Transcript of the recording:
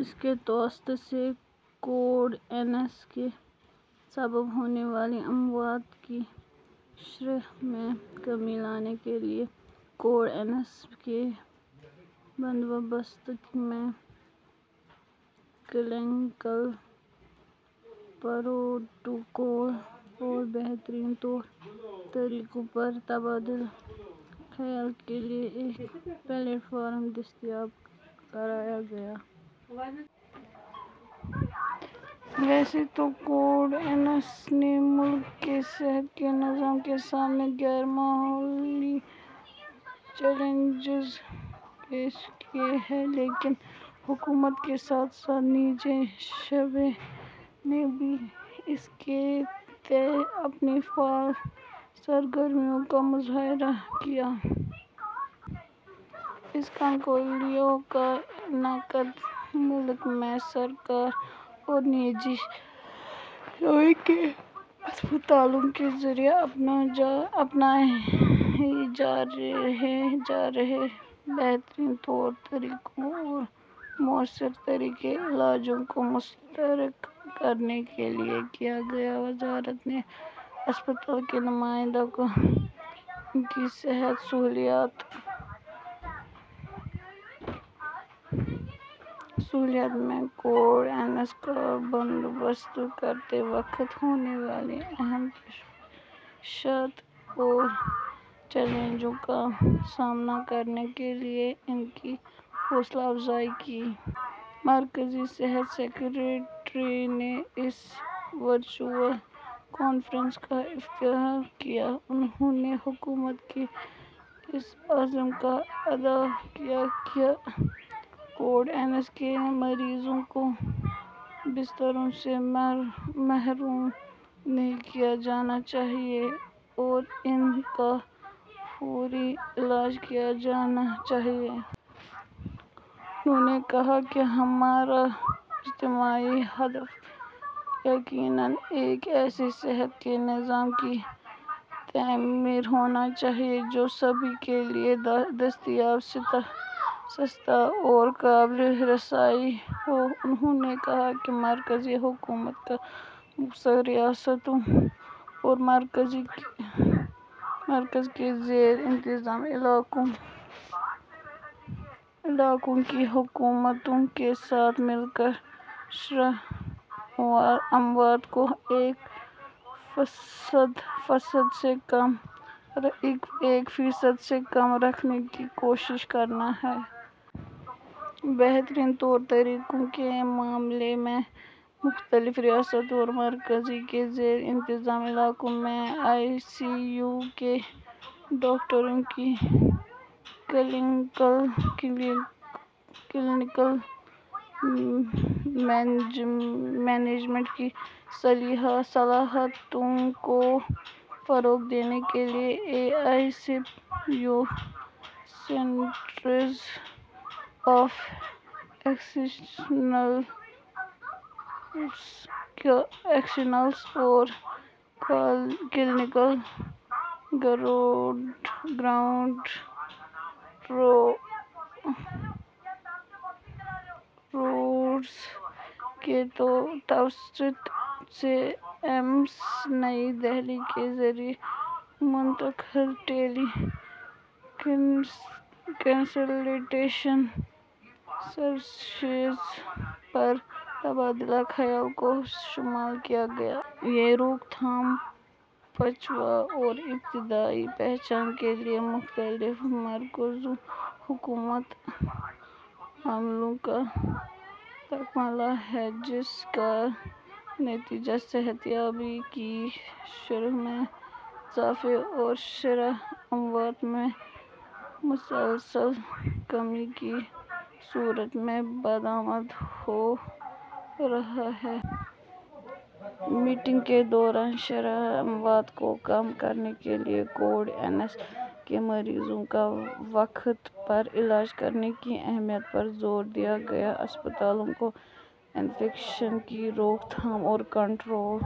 اس کے توسط سے کووڈ انیس کے سبب ہونے والی اموات کی شرح میں کمی لانے کے لیے کووڈ انیس کے بندوبست میں کلینکل پروٹوکول اور بہترین طور طریقوں پر تبادلہ خیال کے لیے ایک پلیٹ فارم دستیاب کرایا گیا۔ ویسے تو کووڈ انیس نے ملک کے صحت کے نظام کے سامنے غیر معمولی چیلنجز پیش کیے ہیں لیکن حکومت کے ساتھ ساتھ نجی شعبے نے بھی اس کے تئیں اپنی فعال سرگرمیوں کا مظاہرہ کیا۔ اس کنکلیو کا انعقاد ملک میں سرکاری اور نجی شعبے کے اسپتالوں کے ذریعے اپنائے جا رہے بہترین طور طریقوں اور مؤثر طریقہ علاج کو مشترک کرنے کے لیے کیا گیا۔ وزارت نے اسپتال کے نمائندوں کو ان کی صحت سہولیات میں کووڈ انیس کا بندوبست کرتے وقت ہونے والی اہم تشویشات اور چیلنجوں کا سامنا کرنے کے لیے ان کی حوصلہ افزائی کی۔ مرکزی صحت سکریٹری نے اس ورچوئل کانفرنس کا افتتاح کیا۔ انہوں نے حکومت کے اس عزم کا اعادہ کیا کہ کووڈ انیس کے مریضوں کو بستروں سے محروم نہیں کیا جانا چاہیے اور ان کا فوری علاج کیا جانا چاہیے۔ انہوں نے کہا کہ ہمارا اجتماعی ہدف یقیناً ایک ایسے صحت کے نظام کی تعمیر ہونا چاہیے جو سبھی کے لیے دستیاب، سستا اور قابل رسائی ہو۔ انہوں نے کہا کہ مرکزی حکومت کا مقصد ریاستوں اور مرکز کے زیر انتظام علاقوں کی حکومتوں کے ساتھ مل کر شرح اموات کو ایک فیصد سے کم رکھنے کی کوشش کرنا ہے۔ بہترین طور طریقوں کے معاملے میں مختلف ریاستوں اور مرکز کے زیر انتظام علاقوں میں آئی سی یو کے ڈاکٹروں کی کلینکل مینجمنٹ کی صلاحیتوں کو فروغ دینے کے لیے E I C U, centres of excellence اور کلینکل گراؤنڈ راؤنڈز کے توسط سے ایمس نئی دہلی کے ذریعے منعقدہ ٹیلی کنسلٹیشن سیشنز پر تبادلہ خیال کو شامل کیا گیا۔ یہ روک تھام، بچاؤ اور ابتدائی پہچان کے لیے مختلف مرکوز حکمت عملیوں کا تکملہ ہے، جس کا نتیجہ صحت یابی کی شرح میں اضافے اور شرح اموات میں مسلسل کمی کی صورت میں برآمد ہو رہا ہے۔ میٹنگ کے دوران شرح اموات کو کم کرنے کے لیے کووڈ انیس کے مریضوں کا وقت پر علاج کرنے کی اہمیت پر زور دیا گیا۔ اسپتالوں کو انفیکشن کی روک تھام اور کنٹرول